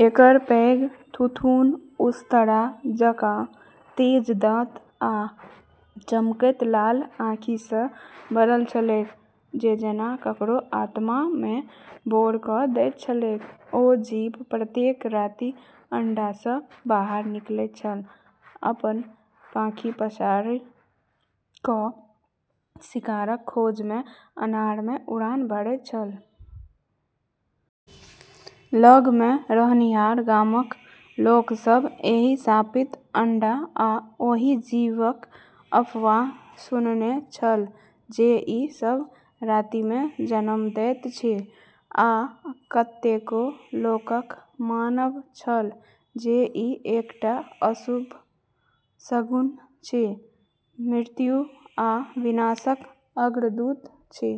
एकर पैघ थुथुन उस्तरा जकाँ तेज दाँत आ चमकैत लाल आँखि सँ भरल छलैक जे जेना ककरो आत्मा मे बोर क' दैत छलैक। ओ जीव प्रत्येक राति अंडा सँ बाहर निकलैत छल, अपन पाँखि पसारि क' शिकारक खोज मे अन्हार मे उड़ान भरैत छल। लग मे रहनिहार गामक लोक सभ एहि शापित अंडा आ ओहि जीवक अफवाह सुनने छल जे ई सभ राति मे जन्म दैत अछि आ कतेको लोकक मानब छल जे ई एकटा अशुभ शगुन अछि, मृत्यु आ विनाशक अग्रदूत अछि।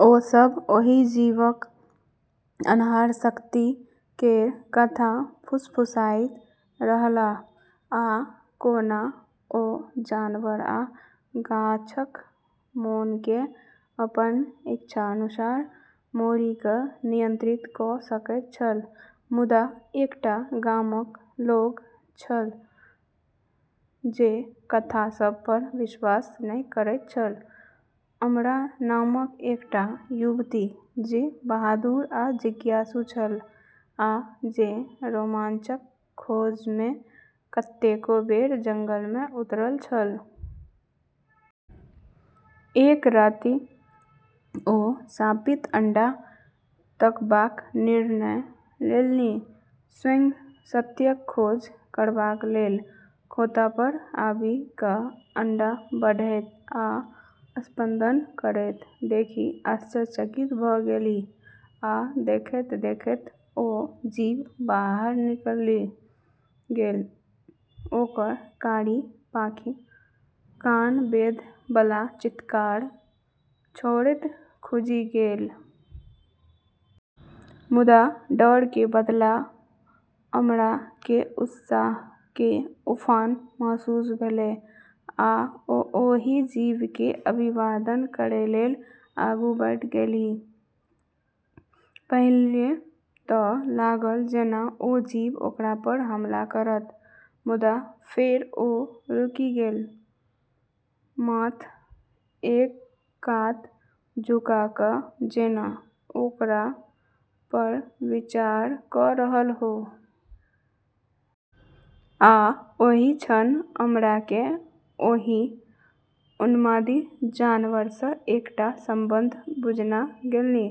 ओ सभ ओहि जीवक अन्हार शक्ति केर कथा फुसफुसाइत रहलाह, आ कोना ओ जानवर आ गाछक मोन केँ अपन इच्छानुसार मोड़ि क' नियंत्रित क' सकैत छल। मुदा एकटा गामक लोक छल जे कथा सभ पर विश्वास नहि करैत छल, अमरा नामक एकटा युवती जे बहादुर आ जिज्ञासु छल, आ जे रोमांचक खोज मे कतेको बेर जंगल मे उतरल छल। एक राति ओ शापित अंडा तकबाक निर्णय लेलनि, स्वयं सत्यक खोज करबाक लेल। खोंता पर आबि क' अंडा बढ़ैत आ स्पंदन करैत देखि आश्चर्यचकित भ' गेलीह आ देखैत-देखैत ओ जीव बाहर निकलि गेल, ओकर कारी पाँखि कान बेध' बला चीत्कार छोड़ैत खुजि गेल। मुदा डर के बदला अमरा के उत्साह के उफान महसूस भेलै, आ ओ ओहि जीव के अभिवादन करय लेल आगू बढ़ि गेलीह। पहिले त' लागल जेना ओ जीव ओकरा पर हमला करत, मुदा फेर ओ रुकि गेल, माथ एक कात झुका क' जेना ओकरा पर विचार क' रहल हो। आ ओहि क्षण अमरा केँ ओहि उन्मादी जानवर सँ एकटा संबंध बुझना गेलनि,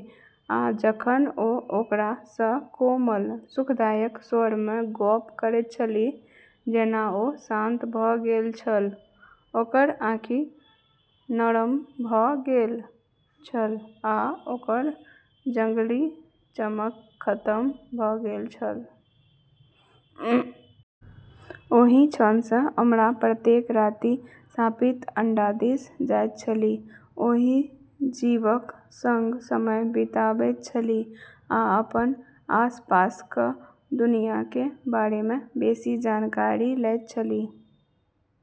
आ जखन ओ ओकरा सँ कोमल, सुखदायक स्वर मे गप्प करैत छलीह, जेना ओ शान्त भ' गेल छल, ओकर आँखि नरम भ' गेल छल आ ओकर जंगली चमक खतम भ' गेल छल। ओहि क्षण सँ अमरा प्रत्येक राति शापित अंडा दिस जाइत छलीह, ओहि जीवक संग समय बिताबैत छलीह आ अपन आसपासक दुनिया के बारे मे बेसी जानकारी लैत छलीह।